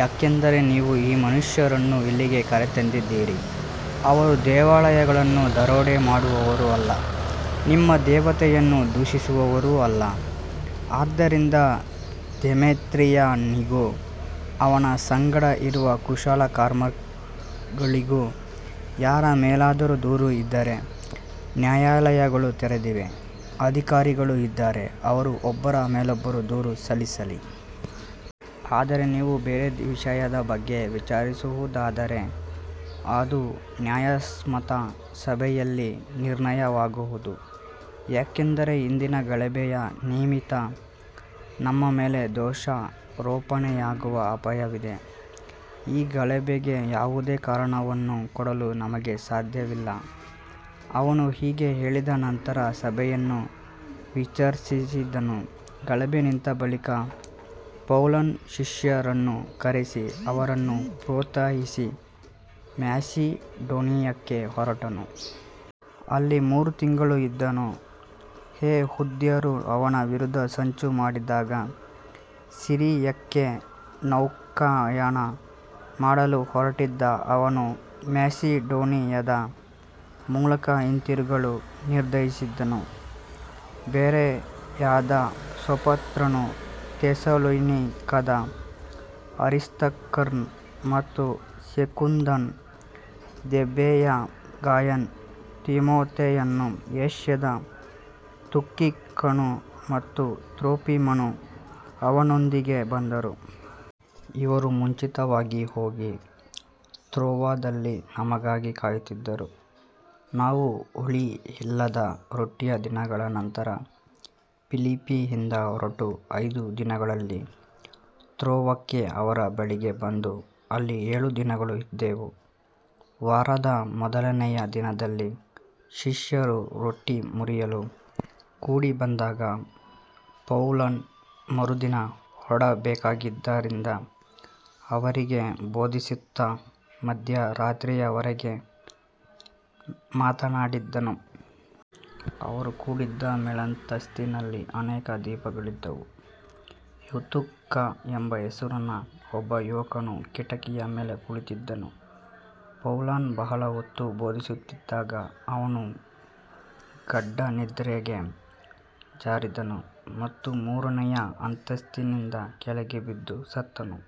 ಯಾಕಂದರೆ ನೀವು ಈ ಮನುಷ್ಯರನ್ನು ಇಲ್ಲಿಗೆ ಕರೆತಂದಿದ್ದೀರಿ, ಅವರು ದೇವಾಲಯಗಳನ್ನು ದರೋಡೆ ಮಾಡುವವರೂ ಅಲ್ಲ, ನಿಮ್ಮ ದೇವತೆಯನ್ನು ದೂಷಿಸುವವರೂ ಅಲ್ಲ. ಆದ್ದರಿಂದ ದೇಮೇತ್ರಿಯನಿಗೂ ಅವನ ಸಂಗಡ ಇರುವ ಕುಶಲಕರ್ಮಿಗಳಿಗೂ ಯಾರ ಮೇಲಾದರೂ ದೂರು ಇದ್ದರೆ ನ್ಯಾಯಾಲಯಗಳು ತೆರೆದಿವೆ, ಅಧಿಕಾರಿಗಳೂ ಇದ್ದಾರೆ, ಅವರು ಒಬ್ಬರ ಮೇಲೊಬ್ಬರು ದೂರು ಸಲ್ಲಿಸಲಿ. ಆದರೆ ನೀವು ಬೇರೆ ವಿಷಯದ ಬಗ್ಗೆ ವಿಚಾರಿಸುವುದಾದರೆ ಅದು ನ್ಯಾಯಸಮ್ಮತ ಸಭೆಯಲ್ಲಿ ನಿರ್ಣಯವಾಗುವುದು. ಯಾಕಂದರೆ ಇಂದಿನ ಗಲಭೆಯ ನಿಮಿತ್ತ ನಮ್ಮ ಮೇಲೆ ದೋಷಾರೋಪಣೆಯಾಗುವ ಅಪಾಯವಿದೆ, ಈ ಗಲಭೆಗೆ ಯಾವುದೇ ಕಾರಣವನ್ನು ಕೊಡಲು ನಮಗೆ ಸಾಧ್ಯವಿಲ್ಲ. ಅವನು ಹೀಗೆ ಹೇಳಿದ ನಂತರ ಸಭೆಯನ್ನು ವಿಸರ್ಜಿಸಿದನು. ಗಲಭೆ ನಿಂತ ಬಳಿಕ ಪೌಲನು ಶಿಷ್ಯರನ್ನು ಕರೆಸಿ ಅವರನ್ನು ಪ್ರೋತ್ಸಾಹಿಸಿ ಮ್ಯಾಸಿಡೋನಿಯಕ್ಕೆ ಹೊರಟನು. ಅಲ್ಲಿ ಮೂರು ತಿಂಗಳು ಇದ್ದನು. ಯೆಹೂದ್ಯರು ಅವನ ವಿರುದ್ಧ ಸಂಚು ಮಾಡಿದಾಗ ಸಿರಿಯಾಕ್ಕೆ ನೌಕಾಯಾನ ಮಾಡಲು ಹೊರಟಿದ್ದ ಅವನು ಮ್ಯಾಸಿಡೋನಿಯಾದ ಮೂಲಕ ಹಿಂದಿರುಗಲು ನಿರ್ಧರಿಸಿದನು. ಬೆರೋಯದ ಸೋಪತ್ರನು, ಥೆಸಲೋನಿಕದ ಅರಿಸ್ತಾರ್ಕನು ಮತ್ತು ಸೆಕುಂದನು, ದೆರ್ಬೆಯ ಗಾಯನು, ತಿಮೊಥೆಯನು, ಏಷ್ಯಾದ ತುಕಿಕನು ಮತ್ತು ತ್ರೋಫಿಮನು ಅವನೊಂದಿಗೆ ಬಂದರು. ಇವರು ಮುಂಚಿತವಾಗಿ ಹೋಗಿ ತ್ರೋವದಲ್ಲಿ ನಮಗಾಗಿ ಕಾಯುತ್ತಿದ್ದರು. ನಾವು ಹುಳಿಯಿಲ್ಲದ ರೊಟ್ಟಿಯ ದಿನಗಳ ನಂತರ ಫಿಲಿಪ್ಪಿಯಿಂದ ಹೊರಟು ಐದು ದಿನಗಳಲ್ಲಿ ತ್ರೋವಕ್ಕೆ ಅವರ ಬಳಿಗೆ ಬಂದು ಅಲ್ಲಿ ಏಳು ದಿನಗಳು ಇದ್ದೆವು. ವಾರದ ಮೊದಲನೆಯ ದಿನದಲ್ಲಿ ಶಿಷ್ಯರು ರೊಟ್ಟಿ ಮುರಿಯಲು ಕೂಡಿಬಂದಾಗ ಪೌಲನು ಮರುದಿನ ಹೊರಡಬೇಕಾಗಿದ್ದರಿಂದ ಅವರಿಗೆ ಬೋಧಿಸುತ್ತಾ ಮಧ್ಯರಾತ್ರಿಯವರೆಗೆ ಮಾತಾಡಿದನು. ಅವರು ಕೂಡಿದ್ದ ಮೇಲಂತಸ್ತಿನಲ್ಲಿ ಅನೇಕ ದೀಪಗಳಿದ್ದವು. ಯೂತುಕ ಎಂಬ ಹೆಸರಿನ ಒಬ್ಬ ಯುವಕನು ಕಿಟಕಿಯ ಮೇಲೆ ಕುಳಿತಿದ್ದನು. ಪೌಲನು ಬಹಳ ಹೊತ್ತು ಬೋಧಿಸುತ್ತಿದ್ದಾಗ ಅವನು ಗಾಢ ನಿದ್ರೆಗೆ ಜಾರಿದನು ಮತ್ತು ಮೂರನೆಯ ಅಂತಸ್ತಿನಿಂದ ಕೆಳಗೆ ಬಿದ್ದು ಸತ್ತನು.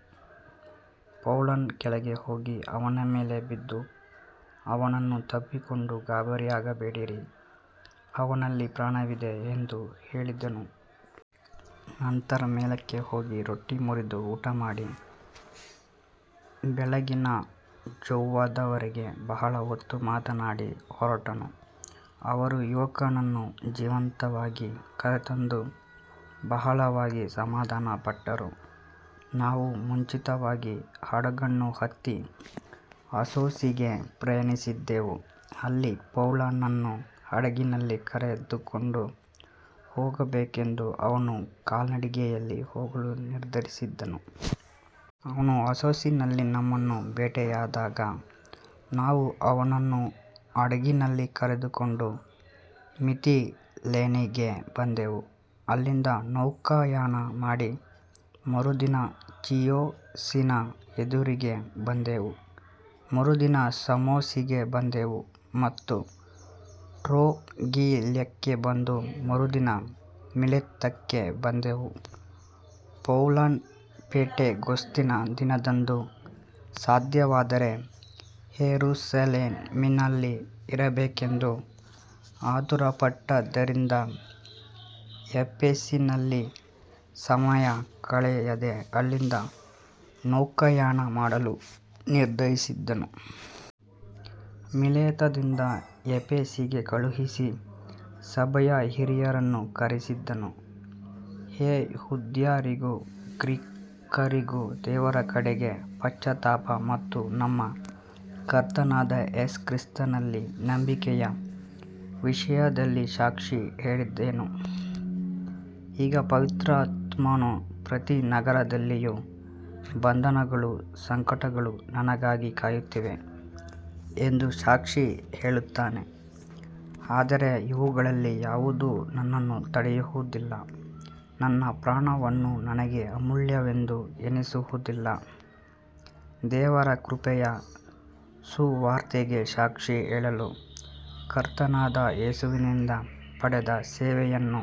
ಪೌಲನು ಕೆಳಗೆ ಹೋಗಿ ಅವನ ಮೇಲೆ ಬಿದ್ದು ಅವನನ್ನು ತಬ್ಬಿಕೊಂಡು, ಗಾಬರಿಯಾಗಬೇಡಿರಿ, ಅವನಲ್ಲಿ ಪ್ರಾಣವಿದೆ ಎಂದು ಹೇಳಿದನು. ನಂತರ ಮೇಲಕ್ಕೆ ಹೋಗಿ ರೊಟ್ಟಿ ಮುರಿದು ಊಟಮಾಡಿ ಬೆಳಗಿನ ಜಾವದವರೆಗೆ ಬಹಳ ಹೊತ್ತು ಮಾತನಾಡಿ ಹೊರಟನು. ಅವರು ಯುವಕನನ್ನು ಜೀವಂತವಾಗಿ ಕರೆತಂದು ಬಹಳವಾಗಿ ಸಮಾಧಾನಪಟ್ಟರು. ನಾವು ಮುಂಚಿತವಾಗಿ ಹಡಗನ್ನು ಹತ್ತಿ ಅಸ್ಸೋಸಿಗೆ ಪ್ರಯಾಣಿಸಿದೆವು, ಅಲ್ಲಿ ಪೌಲನನ್ನು ಹಡಗಿನಲ್ಲಿ ಕರೆದುಕೊಂಡು ಹೋಗಬೇಕೆಂದು ಅವನು ಕಾಲ್ನಡಿಗೆಯಲ್ಲಿ ಹೋಗಲು ನಿರ್ಧರಿಸಿದ್ದನು. ಅವನು ಅಸ್ಸೋಸಿನಲ್ಲಿ ನಮ್ಮನ್ನು ಭೇಟಿಯಾದಾಗ ನಾವು ಅವನನ್ನು ಹಡಗಿನಲ್ಲಿ ಕರೆದುಕೊಂಡು ಮಿತಿಲೇನಿಗೆ ಬಂದೆವು. ಅಲ್ಲಿಂದ ನೌಕಾಯಾನ ಮಾಡಿ ಮರುದಿನ ಚಿಯೋಸಿನ ಎದುರಿಗೆ ಬಂದೆವು, ಮರುದಿನ ಸಮೋಸಿಗೆ ಬಂದೆವು ಮತ್ತು ಟ್ರೊಗಿಲ್ಯಕ್ಕೆ ಬಂದು ಮರುದಿನ ಮಿಲೇತಕ್ಕೆ ಬಂದೆವು. ಪೌಲನು ಪೆಂಟೆಕೋಸ್ತಿನ ದಿನದಂದು ಸಾಧ್ಯವಾದರೆ ಯೆರೂಸಲೇಮಿನಲ್ಲಿ ಇರಬೇಕೆಂದು ಆತುರಪಟ್ಟಿದ್ದರಿಂದ ಎಫೆಸಿನಲ್ಲಿ ಸಮಯ ಕಳೆಯದೆ ಅಲ್ಲಿಂದ ನೌಕಾಯಾನ ಮಾಡಲು ನಿರ್ಧರಿಸಿದನು. ಮಿಲೇತದಿಂದ ಎಫೆಸಿಗೆ ಕಳುಹಿಸಿ ಸಭೆಯ ಹಿರಿಯರನ್ನು ಕರೆಸಿದನು. ಯೆಹೂದ್ಯರಿಗೂ ಗ್ರೀಕರಿಗೂ ದೇವರ ಕಡೆಗೆ ಪಶ್ಚಾತ್ತಾಪ ಮತ್ತು ನಮ್ಮ ಕರ್ತನಾದ ಯೇಸು ಕ್ರಿಸ್ತನಲ್ಲಿ ನಂಬಿಕೆಯ ವಿಷಯದಲ್ಲಿ ಸಾಕ್ಷಿ ಹೇಳಿದೆನು. ಈಗ ಪವಿತ್ರಾತ್ಮನು ಪ್ರತಿ ನಗರದಲ್ಲಿಯೂ ಬಂಧನಗಳೂ ಸಂಕಟಗಳೂ ನನಗಾಗಿ ಕಾಯುತ್ತಿವೆ ಎಂದು ಸಾಕ್ಷಿ ಹೇಳುತ್ತಾನೆ. ಆದರೆ ಇವುಗಳಲ್ಲಿ ಯಾವುದೂ ನನ್ನನ್ನು ತಡೆಯುವುದಿಲ್ಲ, ನನ್ನ ಪ್ರಾಣವನ್ನೂ ನನಗೆ ಅಮೂಲ್ಯವೆಂದು ಎಣಿಸುವುದಿಲ್ಲ, ದೇವರ ಕೃಪೆಯ ಸುವಾರ್ತೆಗೆ ಸಾಕ್ಷಿ ಹೇಳಲು ಕರ್ತನಾದ ಯೇಸುವಿನಿಂದ ಪಡೆದ ಸೇವೆಯನ್ನು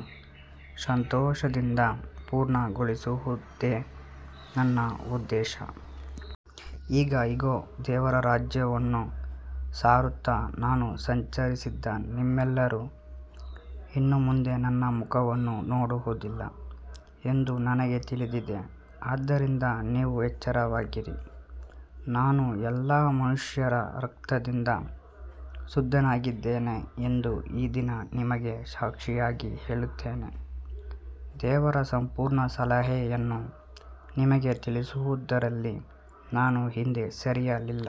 ಸಂತೋಷದಿಂದ ಪೂರ್ಣಗೊಳಿಸುವುದೇ ನನ್ನ ಉದ್ದೇಶ. ಈಗ ಇಗೋ, ದೇವರ ರಾಜ್ಯವನ್ನು ಸಾರುತ್ತಾ ನಾನು ಸಂಚರಿಸಿದ ನಿಮ್ಮೆಲ್ಲರೂ ಇನ್ನು ಮುಂದೆ ನನ್ನ ಮುಖವನ್ನು ನೋಡುವುದಿಲ್ಲ ಎಂದು ನನಗೆ ತಿಳಿದಿದೆ. ಆದ್ದರಿಂದ ನೀವು ಎಚ್ಚರವಾಗಿರಿ, ನಾನು ಎಲ್ಲಾ ಮನುಷ್ಯರ ರಕ್ತದಿಂದ ಶುದ್ಧನಾಗಿದ್ದೇನೆ ಎಂದು ಈ ದಿನ ನಿಮಗೆ ಸಾಕ್ಷಿಯಾಗಿ ಹೇಳುತ್ತೇನೆ. ದೇವರ ಸಂಪೂರ್ಣ ಸಲಹೆಯನ್ನು ನಿಮಗೆ ತಿಳಿಸುವುದರಲ್ಲಿ ನಾನು ಹಿಂದೆ ಸರಿಯಲಿಲ್ಲ.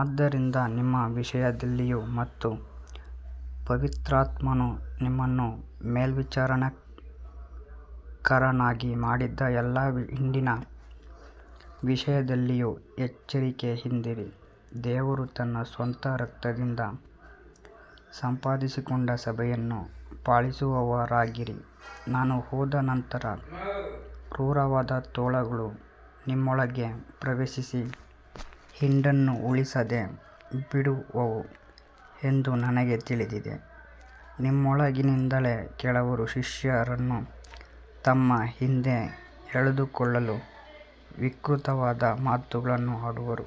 ಆದ್ದರಿಂದ ನಿಮ್ಮ ವಿಷಯದಲ್ಲಿಯೂ ಮತ್ತು ಪವಿತ್ರಾತ್ಮನು ನಿಮ್ಮನ್ನು ಮೇಲ್ವಿಚಾರಕರನ್ನಾಗಿ ಮಾಡಿದ ಎಲ್ಲಾ ಹಿಂಡಿನ ವಿಷಯದಲ್ಲಿಯೂ ಎಚ್ಚರಿಕೆಯಿಂದಿರಿ. ದೇವರು ತನ್ನ ಸ್ವಂತ ರಕ್ತದಿಂದ ಸಂಪಾದಿಸಿಕೊಂಡ ಸಭೆಯನ್ನು ಪಾಲಿಸುವವರಾಗಿರಿ. ನಾನು ಹೋದ ನಂತರ ಕ್ರೂರವಾದ ತೋಳಗಳು ನಿಮ್ಮೊಳಗೆ ಪ್ರವೇಶಿಸಿ ಹಿಂಡನ್ನು ಉಳಿಸದೆ ಬಿಡುವವು ಎಂದು ನನಗೆ ತಿಳಿದಿದೆ. ನಿಮ್ಮೊಳಗಿಂದಲೇ ಕೆಲವರು ಶಿಷ್ಯರನ್ನು ತಮ್ಮ ಹಿಂದೆ ಎಳೆದುಕೊಳ್ಳಲು ವಿಕೃತವಾದ ಮಾತುಗಳನ್ನು ಆಡುವರು.